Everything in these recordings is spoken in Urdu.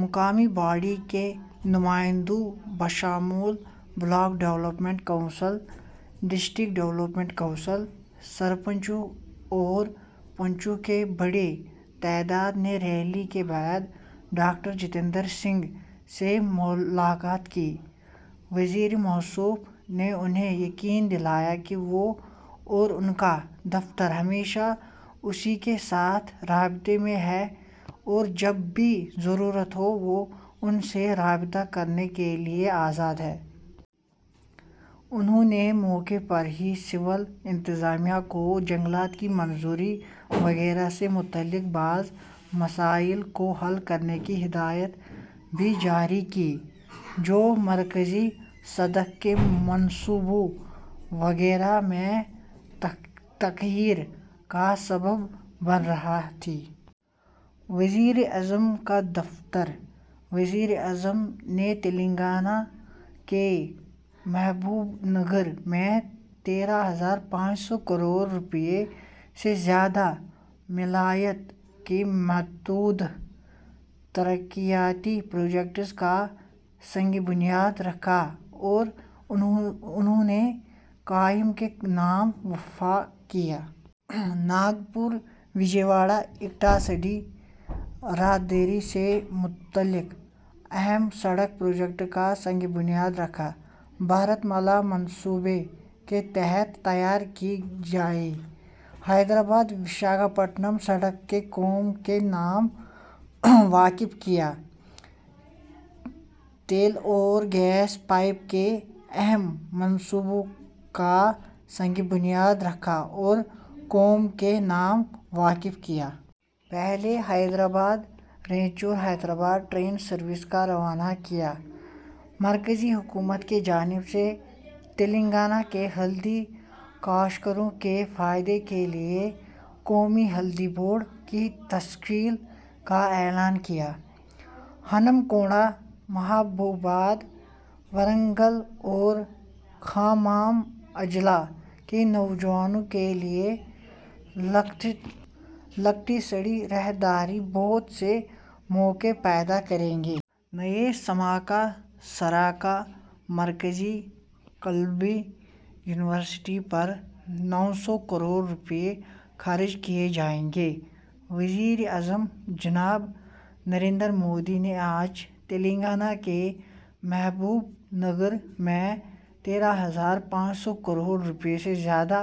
مقامی باڈی کے نمائندوں، بشمول block development council, district development council, سرپنچوں اور پنچوں کی بڑی تعداد نے ریلی کے بعد ڈاکٹر جتیندر سنگھ سے ملاقات کی۔ وزیر موصوف نے انہیں یقین دلایا کہ وہ اور ان کا دفتر ہمیشہ ان کے ساتھ رابطے میں ہیں اور جب بھی ضرورت ہو، وہ ان سے رابطہ کرنے کے لیے آزاد ہیں۔ انہوں نے موقع پر ہی سول انتظامیہ کو جنگلات کی منظوری وغیرہ سے متعلق بعض مسائل کو حل کرنے کی ہدایات بھی جاری کیں، جو مرکزی سڑک کے منصوبوں وغیرہ میں تاخیر کا سبب بن رہے تھے۔ وزیراعظم کا دفتر۔ وزیر اعظم نے تلنگانہ کے محبوب نگر میں تیرہ ہزار پانچ سو کروڑ روپے سے زیادہ مالیت کے متعدد ترقیاتی پروجیکٹوں کا سنگ بنیاد رکھا اور قوم کے نام وقف کیا۔ ناگپور وجئے واڑہ اقتصادی راہداری سے متعلق اہم سڑک پروجیکٹوں کا سنگ بنیاد رکھا۔ بھارت مالا منصوبے کے تحت تیار کردہ حیدرآباد وشاکھاپٹنم سڑک کو قوم کے نام وقف کیا۔ تیل اور گیس پائپ لائن کے اہم منصوبوں کا سنگ بنیاد رکھا اور قوم کے نام وقف کیا۔ پہلی Hyderabad Raichur Hyderabad train service کو روانہ کیا۔ مرکزی حکومت کی جانب سے تلنگانہ کے ہلدی کاشتکاروں کے فائدے کے لیے قومی ہلدی بورڈ کی تشکیل کا اعلان کیا۔ ہنمکنڈا، محبوب آباد، ورنگل اور کھمم اضلاع کے نوجوانوں کے لیے اقتصادی راہداری بہت سے مواقع پیدا کرے گی۔ نئی سَمّکا سرکا مرکزی قبائلی یونیورسٹی پر نو سو کروڑ روپے خرچ کیے جائیں گے۔ وزیراعظم جناب نریندر مودی نے آج تلنگانہ کے محبوب نگر میں تیرہ ہزار پانچ سو کروڑ روپے سے زیادہ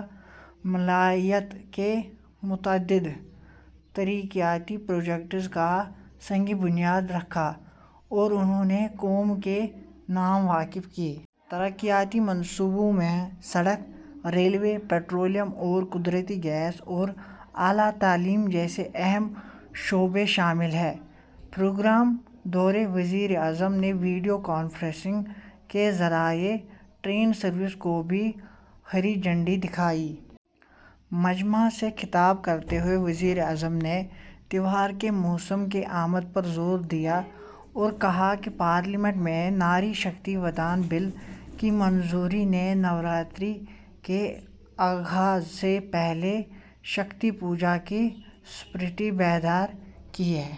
مالیت کے متعدد ترقیاتی پروجیکٹوں کا سنگ بنیاد رکھا اور قوم کے نام وقف کیا۔ ترقیاتی منصوبوں میں سڑک، ریل، پیٹرولیم اور قدرتی گیس اور اعلیٰ تعلیم جیسے اہم شعبے شامل ہیں۔ پروگرام کے دوران وزیر اعظم نے ویڈیو کانفرنسنگ کے ذریعے ٹرین سروس کو بھی ہری جھنڈی دکھائی۔ مجمع سے خطاب کرتے ہوئے وزیر اعظم نے تہواروں کے موسم کی آمد پر زور دیا اور کہا کہ پارلیمنٹ میں ناری شکتی وندن بل کی منظوری نے نوراتری کے آغاز سے پہلے شکتی پوجا کی اسپرٹ بیدار کی ہے۔